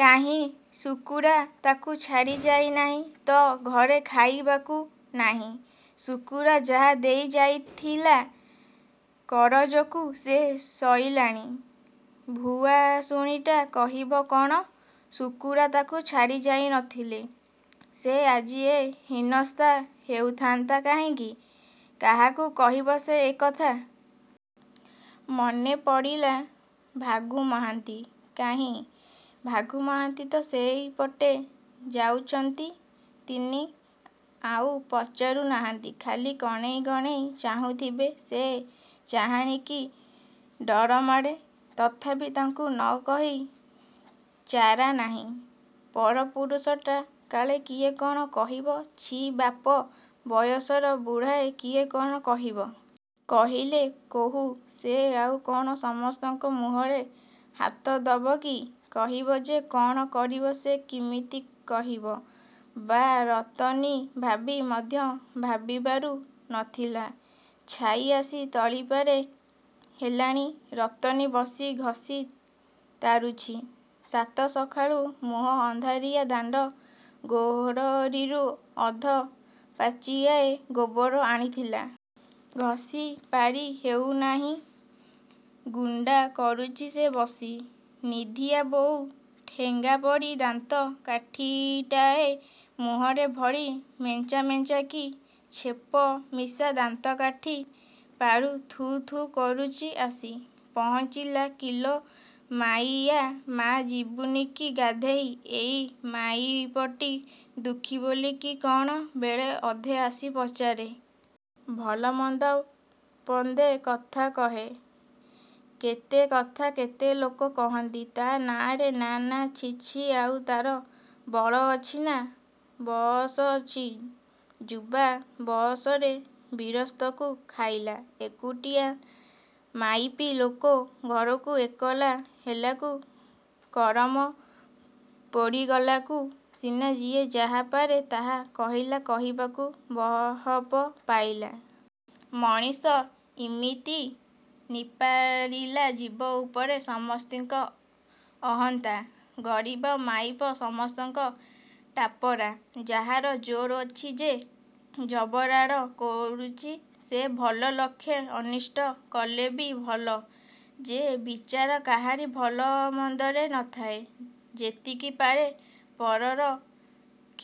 କାହିଁ ଶୁକୁରା ତାକୁ ଛାଡ଼ି ଯାଇନାହିଁ ତ। ଘରେ ଖାଇବାକୁ ନାହିଁ। ଶୁକୁରା ଯାହା ଦେଇ ଯାଇଥିଲା କରଜକୁ, ସେ ସଇଲାଣି। ଭୁଆସୁଣୀଟା କହିବ କ'ଣ? ଶୁକୁରା ତାକୁ ଛାଡ଼ି ଯାଇ ନଥିଲେ, ସେ ଆଜି ଏ ହୀନସ୍ତା ହେଉଥାନ୍ତା କାହିଁକି? କାହାକୁ କହିବ ସେ ଏକଥା। ମନେ ପଡ଼ିଲା, ଭାଗୁ ମହାନ୍ତି। କାହିଁ? ଭାଗୁ ମହାନ୍ତି ତ ସେଇପଟେ ଯାଉଚନ୍ତି ତିନି। ଆଉ ପଚାରୁ ନାହାନ୍ତି। ଖାଲି କଣେଇ କଣେଇ ଚାହୁଁଥିବେ। ସେ ଚାହାଣିକି ଡରମାଡ଼େ। ତଥାପି ତାଙ୍କୁ ନକହି ଚାରା ନାହିଁ। ପରପୁରୁଷଟା କାଳେ କିଏ କ'ଣ କହିବ। ଛି ବାପ ବୟସର ବୁଢ଼ାଏ, କିଏ କ'ଣ କହିବ? କହିଲେ କହୁ। ସେ ଆଉ କ'ଣ ସମସ୍ତଙ୍କ ମୁହଁରେ ହାତ ଦବକି? କହିବ ଯେ, କ'ଣ କରିବ ସେ କିମିତି କହିବ ବା, ରତନୀ ଭାବି ମଧ୍ୟ ଭାବିପାରୁ ନଥିଲା। ଛାଇ ଆସି ତଳିପାରେ ହେଲାଣି। ରତନୀ ବସି ଘଷି ତାରୁଛି। ସାତ ସକାଳୁ ମୁହଁ ଅନ୍ଧାରିଆ ଦାଣ୍ଡ ଗୋରରିରୁ ଅଧ ପାଚିଆଏ ଗୋବର ଆଣିଥିଲା। ଘଷିପାରି ହେଉନାହିଁ, ଗୁଣ୍ଡା କରୁଚି ସେ ବସି। ନିଧିଆ ବୋଉ ଠେଙ୍ଗାପରି ଦାନ୍ତ କାଠିଟାଏ ମୁହଁରେ ଭରି ମେଞ୍ଚା ମେଞ୍ଚା କି ଛେପମିଶା ଦାନ୍ତକାଠି ପାରୁ ଥୁ ଥୁ କରୁଛି, ଆସି ପହଞ୍ଚିଲା, କିଲୋ ବାଇଆ ମା, ଯିବୁନି କି ଗାଧେଇ? ଏଇ ମାଇପଟି, ଦୁଃଖୀ ବୋଲି କି କ'ଣ, ବେଳେ ଅଧେ ଆସି ପଚାରେ। ଭଲମନ୍ଦ ପନ୍ଦେ କଥା କହେ। କେତେ କଥା କେତେ ଲୋକ କହନ୍ତି ତା' ନାଆଁରେ ନା ନା ଛି ଛି ଆଉ ତା'ର ବଳଅଛି ନା ବଅସ ଅଛି। ଯୁବା ବଅସରେ ଗିରସ୍ତକୁ ଖାଇଲା। ଏକୁଟିଆ ମାଇପି ଲୋକ ଘରକୁ ଏକଲା ହେଲାକୁ, କରମ ପୋଡ଼ିଗଲାକୁ ସିନା ଯିଏ ଯାହାପାରେ ତା' କହିଲା କହିବାକୁ ବହପ ପାଇଲା। ମଣିଷ ଇମିତି। ନିପାରିଲା ଜୀବ ଉପରେ ସମସ୍ତିଙ୍କ ଅହନ୍ତା। ଗରିବ ମାଇପ ସମସ୍ତଙ୍କ ଟାପରା। ଯାହାର ଜୋର୍ ଅଛି, ଯେ ଜବରାଣ କରୁଛି, ସେ ଭଲ ଲକ୍ଷେ ଅନିଷ୍ଟ କଲେବି ଭଲ। ଯେ ବିଚରା କାହାରି ଭଲମନ୍ଦରେ ନଥାଏ, ଯେତିକି ପାରେ ପରର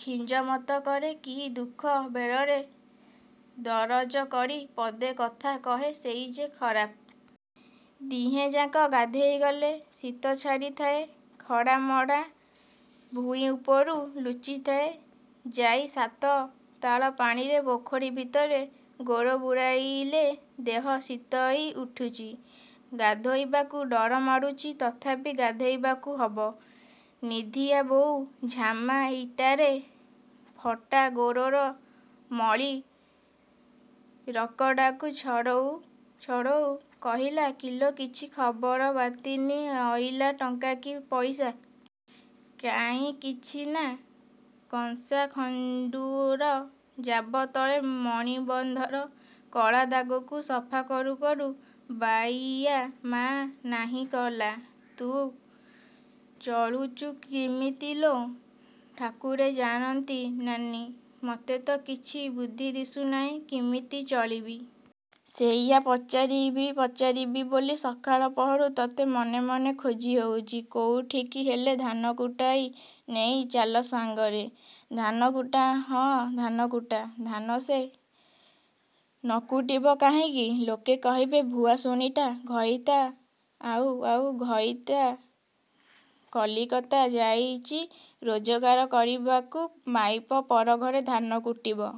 ଖିଜମତ କରେ କି ଦୁଃଖ ବେଳରେ ଦରଜ କରି ପଦେ କଥା କହେ, ସେଇ ଯେ ଖରାପ। ଦିହେଁଯାକ ଗାଧେଇ ଗଲେ। ଶୀତ ଛାଡ଼ିଥାଏ ଖଡାମଡ଼ା ଭୂଇଁଉପରୁ, ଲୁଚିଥାଏ ଯାଇ ସାତ ତାଳ ପାଣିରେ ପୋଖରୀ ଭିତରେ। ଗୋଡ଼ ବୁଡାଇଲେ ଦେହ ଶୀତଇ ଉଠୁଚି। ଗାଧୋଇବାକୁ ଡରମାଡ଼ୁଚି, ତଥାପି ଗାଧେଇବାକୁ ହବ। ନିଧିଆ ବୋଉ ଝାମା ଇଟାରେ ଫଟା ଗୋଡ଼ର ମଳି ରକଡାକୁ ଛଡ଼ଉ ଛଡ଼ଉ କହିଲା କିଲୋ, କିଛି ଖବର ବାତିନି ଅଇଲା ଟଙ୍କା କି ପଇସା? କାଇଁ? କିଛି ନା। କଂସା ଖଡ଼ୁର ଜାବ ତଳେ ମଣିବନ୍ଧର କଳା ଦାଗକୁ ସଫା କରୁ କରୁ ବାଇୟା ମା ନାହିଁ କଲା। ତୁ ଚଳୁଚୁ କିମିତି ଲୋ? ଠାକୁରେ ଜାଣନ୍ତି ନାନୀ। ମୋତେ ତ କିଛି ବୁଦ୍ଧି ଦିଶୁନାହିଁ, କିମିତି ଚଳିବି। ସେଇଆ ପଚାରିବି ପଚାରିବି ବୋଲି ସକାଳ ପହରୁ ତତେ ମନେ ମନେ ଖୋଜି ହଉଚି। କୋଉଠିକି ହେଲେ ଧାନକୁଟାଇ ନେଇ ଚାଲ ସାଙ୍ଗରେ। ଧାନକୁଟା? ହଁ, ଧାନକୁଟା। ଧାନ ସେ ନକୁଟିବ କାହିଁକି? ଲୋକେ କହିବେ ଭୁଆସୁଣୀଟା, ଘଇତା ଆଉ ଆଉ, ଘଇତା କଲିକତା ଯାଇଚି ରୋଜଗାର କରିବାକୁ ମାଇପ ପର ଘରେ ଧାନକୁଟିବ।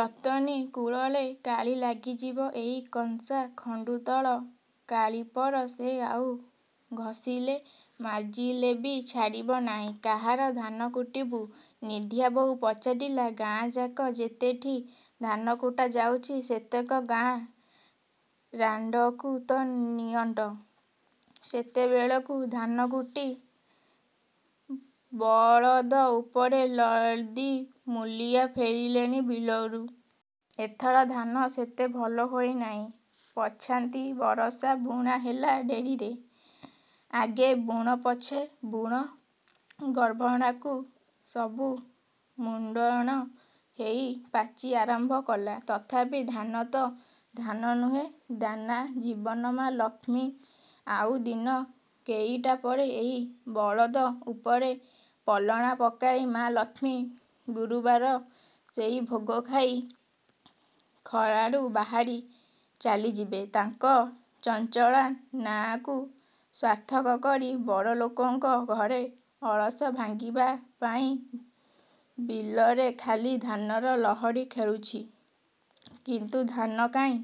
ରତନୀ କୁଳରେ କାଳି ଲାଗିଯିବ। ଏଇ କଂସା ଖଡ଼ୁ ତଳ କାଳିପର ସେ ଆଉ ଘସିଲେ ମାଜିଲେବି ଛାଡ଼ିବ ନାହିଁ। କାହାର ଧାନକୁଟିବୁ? ନିଧିଆ ବୋଉ ପଚାରିଲା, ଗାଁଯାକ ଯେତେଠିଁ ଧାନକୁଟା ଯାଉଚି ସେତକ ଗାଁ ରାଣ୍ଡକୁ ତ ନିଅଣ୍ଟ। ସେତେବେଳକୁ ଧାନକୁଟି ବଳଦ ଉପରେ ଲଦି ମୂଲିଆ ଫେରିଲେଣି ବିଲରୁ। ଏଥର ଧାନ ସେତେ ଭଲ ହୋଇ ନାହିଁ। ପଛାନ୍ତି ବରଷା। ବୁଣା ହେଲା ଡେରିରେ। ଆଗେ ବୁଣ ପଛେ ବୁଣ ଗର୍ଭଣାକୁ ସବୁ ମୁଣ୍ମୁଣ୍ ହେଇ ପାଚି ଆରମ୍ଭ କଲା। ତଥାପି ଧାନ ତ, ଧାନନୁହେଁ ଦାନା ଜୀବନ ମା ଲକ୍ଷ୍ମୀ। ଆଉ ଦିନ କେଇଟା ପରେ ଏଇ ବଳଦ ଉପରେ ପଲଣା ପକାଇ ମା ଲକ୍ଷ୍ମୀ ଗୁରୁବାର ସେର ଭୋଗ ଖାଇ ଖଳାରୁ ବାହାରି ଚାଲିଯିବେ ତାଙ୍କ ଚଞ୍ଚଳା ନାଆଁକୁ ସାର୍ଥକ କରି, ବଡ଼ଲୋକଙ୍କ ଘରେ ଅଳସ ଭାଙ୍ଗିବାପାଇଁ। ବିଲରେ ଖାଲି ଧାନର ଲହଡ଼ି ଖେଳୁଛି। କିନ୍ତୁ ଧାନ କାହିଁ?